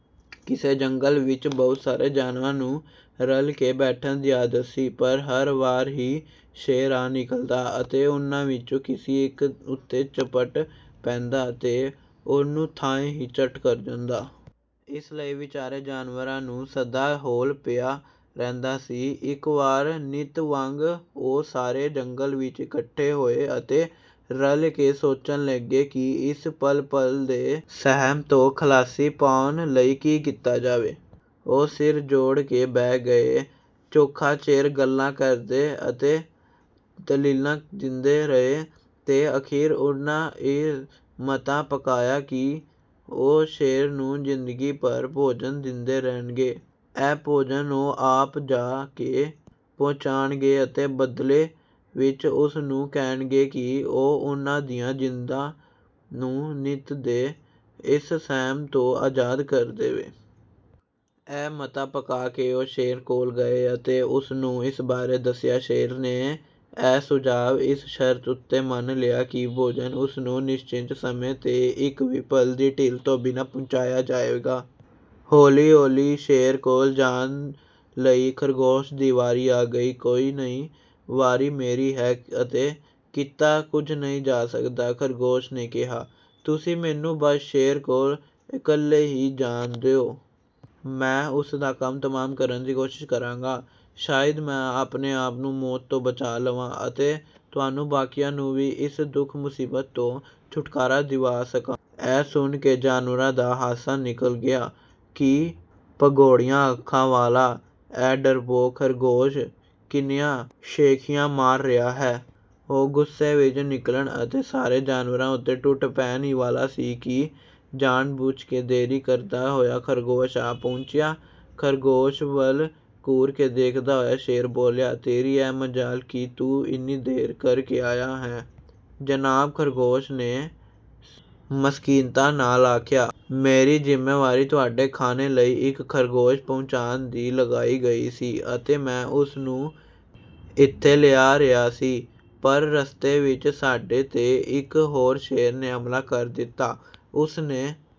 ਕਿਸੇ ਜੰਗਲ ਵਿੱਚ ਬਹੁਤ ਸਾਰੇ ਜਾਨਵਰਾਂ ਨੂੰ ਰਲ ਕੇ ਬੈਠਣ ਦੀ ਆਦਤ ਸੀ, ਪਰ ਹਰ ਵਾਰ ਹੀ ਸ਼ੇਰ ਆ ਨਿਕਲਦਾ ਅਤੇ ਉਹਨਾਂ ਵਿੱਚੋਂ ਕਿਸੇ ਇੱਕ ਉੱਤੇ ਝਪਟ ਪੈਂਦਾ ਤੇ ਉਹਨੂੰ ਥਾਂਏਂ ਹੀ ਚੱਟ ਕਰ ਜਾਂਦਾ। ਇਸ ਲਈ ਵਿਚਾਰੇ ਜਾਨਵਰਾਂ ਨੂੰ ਸਦਾ ਹੌਲ ਪਿਆ ਰਹਿੰਦਾ ਸੀ। ਇੱਕ ਵਾਰ ਨਿੱਤ ਵਾਂਗ ਉਹ ਸਾਰੇ ਜੰਗਲ ਵਿੱਚ ਇਕੱਠੇ ਹੋਏ ਅਤੇ ਰਲ ਕੇ ਸੋਚਣ ਲੱਗੇ ਕਿ ਇਸ ਪਲ-ਪਲ ਦੇ ਸਹਿਮ ਤੋਂ ਖ਼ਲਾਸੀ ਪਾਉਣ ਲਈ ਕੀ ਕੀਤਾ ਜਾਵੇ। ਉਹ ਸਿਰ ਜੋੜ ਕੇ ਬਹਿ ਗਏ, ਚੋਖਾ ਚਿਰ ਗੱਲਾਂ ਕਰਦੇ ਅਤੇ ਦਲੀਲਾਂ ਦਿੰਦੇ ਰਹੇ, ਤੇ ਅਖ਼ੀਰ ਉਹਨਾਂ ਇਹ ਮਤਾ ਪਕਾਇਆ ਕਿ ਉਹ ਸ਼ੇਰ ਨੂੰ ਜ਼ਿੰਦਗੀ ਭਰ ਭੋਜਨ ਦਿੰਦੇ ਰਹਿਣਗੇ। ਇਹ ਭੋਜਨ ਉਹ ਆਪ ਜਾ ਕੇ ਪਹੁੰਚਾਉਣਗੇ ਅਤੇ ਬਦਲੇ ਵਿੱਚ ਉਸ ਨੂੰ ਕਹਿਣਗੇ ਕਿ ਉਹ ਉਹਨਾਂ ਦੀਆਂ ਜਿੰਦਾਂ ਨੂੰ ਨਿੱਤ ਦੇ ਇਸ ਸਹਿਮ ਤੋਂ ਆਜ਼ਾਦ ਕਰ ਦੇਵੇ। ਇਹ ਮਤਾ ਪਕਾ ਕੇ ਉਹ ਸ਼ੇਰ ਕੋਲ ਗਏ ਅਤੇ ਉਸ ਨੂੰ ਇਸ ਬਾਰੇ ਦੱਸਿਆ। ਸ਼ੇਰ ਨੇ ਇਹ ਸੁਝਾਅ ਇਸ ਸ਼ਰਤ ਉੱਤੇ ਮੰਨ ਲਿਆ ਕਿ ਭੋਜਨ ਉਸ ਨੂੰ ਨਿਸ਼ਚਿਤ ਸਮੇਂ 'ਤੇ, ਇੱਕ ਵੀ ਪਲ ਦੀ ਢਿੱਲ ਤੋਂ ਬਿਨਾਂ ਪਹੁੰਚਾਇਆ ਜਾਵੇਗਾ। ਹੌਲੀ-ਹੌਲੀ ਸ਼ੇਰ ਕੋਲ ਜਾਣ ਲਈ ਖ਼ਰਗੋਸ਼ ਦੀ ਵਾਰੀ ਆ ਗਈ। "ਕੋਈ ਨਹੀਂ, ਵਾਰੀ ਮੇਰੀ ਹੈ ਅਤੇ ਕੀਤਾ ਕੁਝ ਨਹੀਂ ਜਾ ਸਕਦਾ," ਖ਼ਰਗੋਸ਼ ਨੇ ਕਿਹਾ, "ਤੁਸੀਂ ਮੈਨੂੰ ਬਸ ਸ਼ੇਰ ਕੋਲ ਇਕੱਲੇ ਹੀ ਜਾਣ ਦਿਓ। ਮੈਂ ਉਸ ਦਾ ਕੰਮ ਤਮਾਮ ਕਰਨ ਦੀ ਕੋਸ਼ਿਸ਼ ਕਰਾਂਗਾ। ਸ਼ਾਇਦ ਮੈਂ ਆਪਣੇ ਆਪ ਨੂੰ ਮੌਤ ਤੋਂ ਬਚਾ ਲਵਾਂ ਅਤੇ ਤੁਹਾਨੂੰ ਬਾਕੀਆਂ ਨੂੰ ਵੀ ਇਸ ਦੁੱਖ-ਮੁਸੀਬਤ ਤੋਂ ਛੁਟਕਾਰਾ ਦਿਵਾ ਸਕਾਂ।" ਇਹ ਸੁਣ ਕੇ ਜਾਨਵਰਾਂ ਦਾ ਹਾਸਾ ਨਿਕਲ ਗਿਆ ਕਿ ਭਗੋੜੀਆਂ ਅੱਖਾਂ ਵਾਲਾ ਇਹ ਡਰਪੋਕ ਖ਼ਰਗੋਸ਼ ਕਿੰਨੀਆਂ ਸ਼ੇਖ਼ੀਆਂ ਮਾਰ ਰਿਹਾ ਹੈ! ਉਹ ਗੁੱਸੇ ਵਿੱਚ ਨਿਕਲਣ ਅਤੇ ਸਾਰੇ ਜਾਨਵਰਾਂ ਉੱਤੇ ਟੁੱਟ ਪੈਣ ਹੀ ਵਾਲਾ ਸੀ ਕਿ ਜਾਣ-ਬੁੱਝ ਕੇ ਦੇਰੀ ਕਰਦਾ ਹੋਇਆ ਖ਼ਰਗੋਸ਼ ਆ ਪਹੁੰਚਿਆ। ਖ਼ਰਗੋਸ਼ ਵੱਲ ਘੂਰ ਕੇ ਦੇਖਦਾ ਹੋਇਆ ਸ਼ੇਰ ਬੋਲਿਆ, "ਤੇਰੀ ਇਹ ਮਜਾਲ ਕਿ ਤੂੰ ਇੰਨੀ ਦੇਰ ਕਰ ਕੇ ਆਇਆ ਹੈਂ!" "ਜਨਾਬ," ਖ਼ਰਗੋਸ਼ ਨੇ ਮਸਕੀਨਤਾ ਨਾਲ ਆਖਿਆ, "ਮੇਰੀ ਜ਼ਿੰਮੇਵਾਰੀ ਤੁਹਾਡੇ ਖਾਣੇ ਲਈ ਇੱਕ ਖ਼ਰਗੋਸ਼ ਪਹੁੰਚਾਉਣ ਦੀ ਲਗਾਈ ਗਈ ਸੀ ਅਤੇ ਮੈਂ ਉਸ ਨੂੰ ਇੱਥੇ ਲਿਆ ਰਿਹਾ ਸੀ। ਪਰ ਰਸਤੇ ਵਿੱਚ ਸਾਡੇ 'ਤੇ ਇੱਕ ਹੋਰ ਸ਼ੇਰ ਨੇ ਹਮਲਾ ਕਰ ਦਿੱਤਾ, ਉਸ ਨੇ